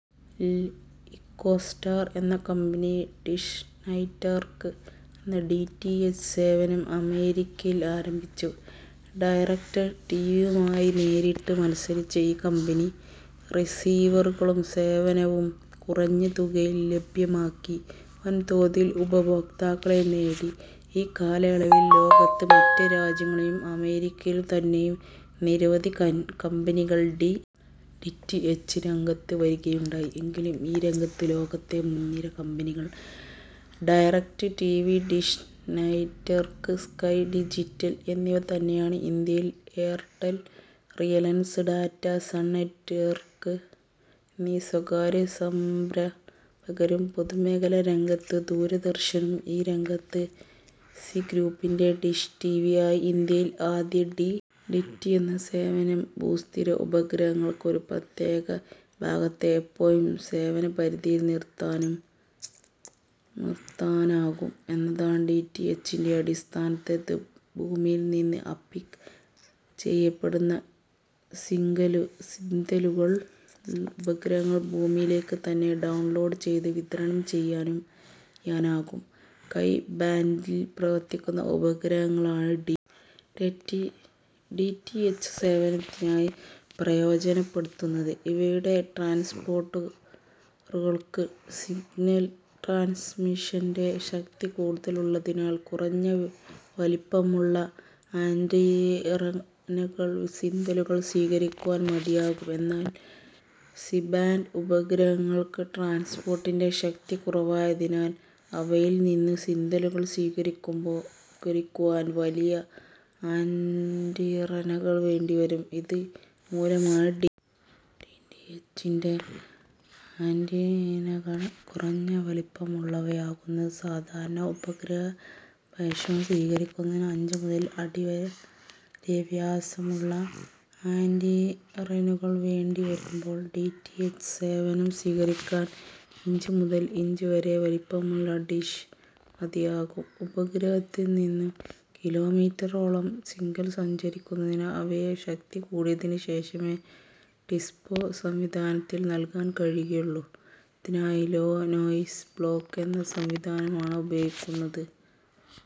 -ൽ ഇക്കോസ്റ്റാർ എന്ന company dish network എന്ന ഡി. റ്റി. എച്ച്. സേവനം അമേരിക്കയിൽ ആരംഭിച്ചു. ഡയറക്ട് ടിവിയുമായി നേരിട്ട് മത്സരിച്ച ഈ കമ്പനി റീസിവറുകളും സേവനവും കുറഞ്ഞ തുകയിൽ ലഭ്യമാക്കി വൻതോതിൽ ഉപയോക്താക്കളെ നേടി. ഈ കാലയളവിൽ ലോകത്തെ മറ്റ് രാജ്യങ്ങളിലും അമേരിക്കയിൽ തന്നെയും നിരവധി കമ്പനികൾ ഡി. റ്റി. എച്ച്. രംഗത്തേക്ക് വരികയുണ്ടായി. എങ്കിലും ഈ രംഗത്ത് ലോകത്തെ മുൻനിര കമ്പനികൾ direct TV, dish network, sky digital എന്നിവ തന്നെയാണ്. ഇന്ത്യയിൽ എയർടെൽ, റിലയൻസ്, ടാറ്റ, സൺ നെറ്റ്വർക്ക് എന്നീ സ്വകാര്യ സംരംഭകരും പൊതുമേഖലാ രംഗത്ത് ദൂരദർശനും ഈ രംഗത്തുണ്ട്. സീ ഗ്രൂപ്പിൻറെ ഡിഷ് ടിവിയാണ് ഇന്ത്യയിലെ ആദ്യ ഡി. റ്റി. എച്ച്. സേവനം. ഭൂസ്ഥിര ഉപഗ്രഹങ്ങൾക്ക് ഒരു പ്രത്യേക വിഭാഗത്തെ എപ്പോഴും സേവനപരിധിയിൽ നിർത്താനാകും എന്നതാണ് ഡി. റ്റി. എച്ചിൻറെ അടിസ്ഥാനതത്വം.. ഭൂമിയിൽ നിന്ന് അപ്ലിങ്ക് ചെയ്യപ്പെടുന്ന സിഗ്നലുകൾ ഉപഗ്രഹങ്ങൾക്ക് ഭൂമിയിലേക്ക് തന്നെ ഡൌൺലോഡ് ചെയ്ത് വിതരണം ചെയ്യാനാകും. കെയു ബാൻഡിൽ പ്രവർത്തിക്കുന്ന ഉപഗ്രഹങ്ങളാണ് ഡി. റ്റി. എച്ച്. സേവനത്തിനായി പ്രയോജനപ്പെടുത്തുന്നത്. ഇവയുടെ ട്രാൻസ്പോണ്ടറുകൾക്ക് സിഗ്നൽ ട്രാൻസ്മിഷൻറെ ശക്തി കൂടുതലുള്ളതിനാൽ കുറഞ്ഞ വലിപ്പമുള്ള ആൻറിനകൾ സിഗ്നലുകൾ സ്വീകരിക്കുവാൻ മതിയാകും. എന്നാൽ സി-ബാൻഡ് ഉപഗ്രഹങ്ങൾക്ക് ട്രാൻസ്പോണ്ടറിൻറെ ശക്തി കുറവായതിനാൽ അവയിൽ നിന്നും സിഗ്നലുകൾ സ്വീകരിക്കുവാൻ വലിയ ആൻറിനകൾ വേണ്ടി വരും. ഇതു മൂലമാണ് ഡി. റ്റി. എച്ചിൻറെ ആൻറിനകൾ കുറഞ്ഞ വലിപ്പം ഉള്ളവയാകുന്നത്. സാധാരണ ഉപഗ്രഹ സംപ്രേഷണം സ്വീകരിക്കുന്നതിന് അഞ്ച് മുതൽ അടി വരെ വ്യാസമുളള ആൻറിനകൾ വേണ്ടി വരുമ്പോൾ ഡി. റ്റി. എച്ച്. സേവനം സ്വീകരിക്കാൻ ഇഞ്ച് മുതൽ ഇഞ്ച് വരെ വലിപ്പമുള്ള ഡിഷ് മതിയാകും. ഉപഗ്രഹത്തിൽ നിന്നും കിലോമീറ്ററോളം സിഗ്നൽ സഞ്ചരിക്കുന്നതിനാൽ അവയെ ശക്തി കൂട്ടിയതിന് ശേഷമേ ഡിസ്പ്ലേ സംവിധാനത്തിന് നൽകാൻ കഴിയുകയുള്ളു. ഇതിനായി ലോ നോയിസ് ബ്ലോക്ക് എന്ന സംവിധാനമാണ് ഉപയോഗിക്കുന്നത്. ഡി.